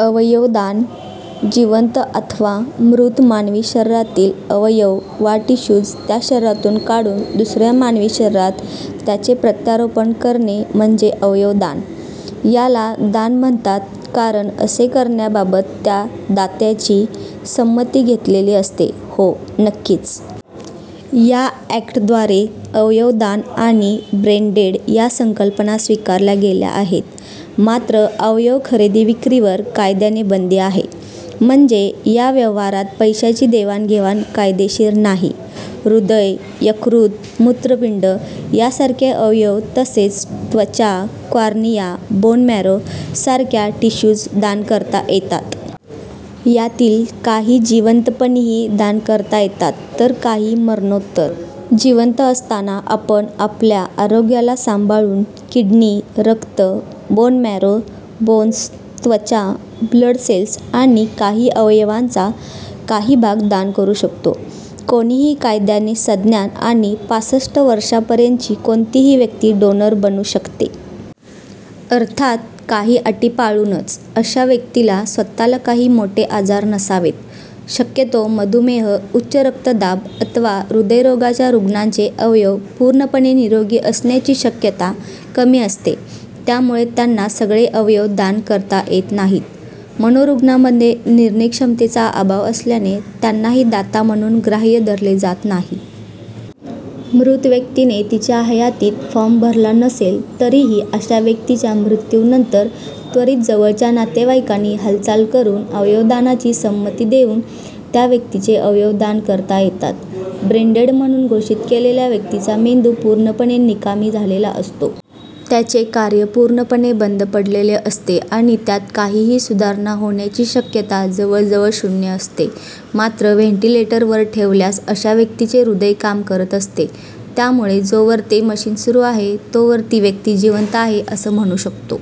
अवयवदान, जिवंत अथवा मृत मानवी शरीरातील अवयव वा टिश्यूज त्या शरीरातून काढून दुसऱ्या मानवी शरीरात त्यांचे प्रत्यारोपण करणे म्हणजे अवयवदान. याला दान म्हणतात कारण असे करण्याबाबत त्या दात्याची संमती घेतलेली असते. हो, नक्कीच. या अॅक्टद्वारे अवयवदान आणि ब्रेनडेड या संकल्पना स्वीकारल्या गेल्या आहेत. मात्र अवयव खरेदी-विक्रीवर कायद्याने बंदी आहे. म्हणजे या व्यवहारात पैशाची देवाणघेवाण कायदेशीर नाही. हृदय, यकृत, मूत्रपिंड यासारखे अवयव तसेच त्वचा, कॉर्निया, बोन मॅरो सारख्या टिश्यूज दान करता येतात. यातील काही जिवंतपणीही दान करता येतात तर काही मरणोत्तर. जिवंत असताना आपण आपल्या आरोग्याला सांभाळून किडनी, रक्त, बोन मॅरो, बोन्स, त्वचा, ब्लड सेल्स आणि काही अवयवांचा काही भाग दान करू शकतो. कोणीही कायद्याने सज्ञान आणि पासष्ट वर्षांपर्यंतची कोणतीही व्यक्ती डोनर बनू शकते. अर्थात काही अटी पाळूनच. अशा व्यक्तीला स्वतःला काही मोठे आजार नसावेत. शक्यतो मधुमेह, उच्चरक्तदाब अथवा हृदयरोगाच्या रुग्णांचे अवयव पूर्णपणे निरोगी असण्याची शक्यता कमी असते. त्यामुळे त्यांना सगळे अवयव दान करता येत नाहीत. मनोरुग्णांमध्ये निर्णयक्षमतेचा अभाव असल्याने त्यांनाही दाता म्हणून ग्राह्य धरले जात नाही. मृत व्यक्तीने तिच्या हयातीत फॉर्म भरला नसेल तरीही अशा व्यक्तीच्या मृत्यूनंतर त्वरीत जवळच्या नातेवाईकांनी हालचाल करून अवयवदानाची संमती देऊन त्या व्यक्तीचे अवयव दान करता येतात. ब्रेन डेड म्हणून घोषित केलेल्या व्यक्तीचा मेंदू पूर्णपणे निकामी झालेला असतो. त्याचे कार्य पूर्णपणे बंद पडलेले असते आणि त्यात काहीही सुधारणा होण्याची शक्यता जवळजवळ शून्य असते. मात्र व्हेंटिलेटरवर ठेवल्यास अशा व्यक्तीचे हृदय काम करत असते. त्यामुळे जोवर ते मशिन सुरू आहे, तोवर ती व्यक्ती जिवंत आहे असं म्हणू शकतो.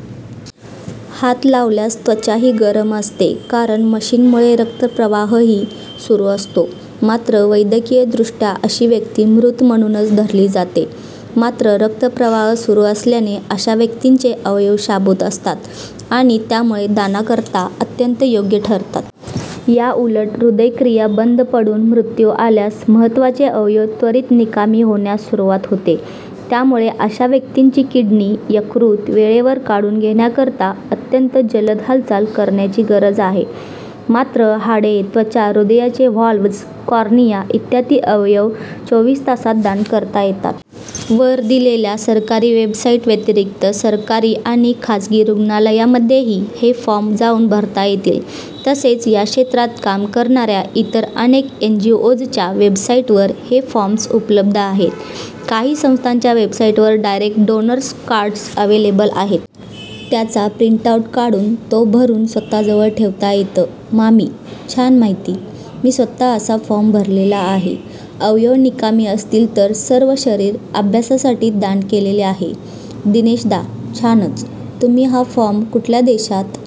हात लावल्यास त्वचाही गरम असते कारण मशिनमुळे रक्तप्रवाहही सुरू असतो. मात्र वैद्यकीय दृष्ट्या अशी व्यक्ती मृत म्हणूनच धरली जाते. मात्र रक्तप्रवाह सुरू असल्याने अशा व्यक्तींचे अवयव शाबुत असतात आणि त्यामुळे दानाकरता अत्यंत योग्य ठरतात. याउलट हृदयक्रिया बंद पडून मृत्यू आल्यास महत्त्वाचे अवयव त्वरीत निकामी होण्यास सुरुवात होते. त्यामुळे अशा व्यक्तींची किडनी, यकृत वेळेवर काढून घेण्याकरता अत्यंत जलद हालचाल करण्याची गरज आहे. मात्र हाडे, त्वचा, हृदयाचे व्हाल्व्हज, कॉर्निया इत्यादी अवयव चोवीस तासांत दान करता येतात. वर दिलेल्या सरकारी वेबसाईट व्यतिरिक्त सरकारी आणि खासगी रुग्णालयांमध्येही हे फॉर्म जाऊन भरता येतील. तसेच या क्षेत्रात काम करणाऱ्या इतर अनेक एनजीओजच्या वेबसाईटवर हे फॉर्म्स उपलब्ध आहेत. काही संस्थांच्या वेबसाईटवर डायरेक्ट डोनर्स कार्ड्स अव्हेलेबल आहेत. त्याचा प्रिंटआऊट काढून, तो भरून स्वतःजवळ ठेवता येतं. मामी, छान माहिती. मी स्वतः असा फॉर्म भरलेला आहे. अवयव निकामी असतील तर सर्व शरीर, अभ्यासासाठी दान केलेले आहे. दिनेशदा, छानच. तुम्ही हा फॉर्म कुठल्या देशात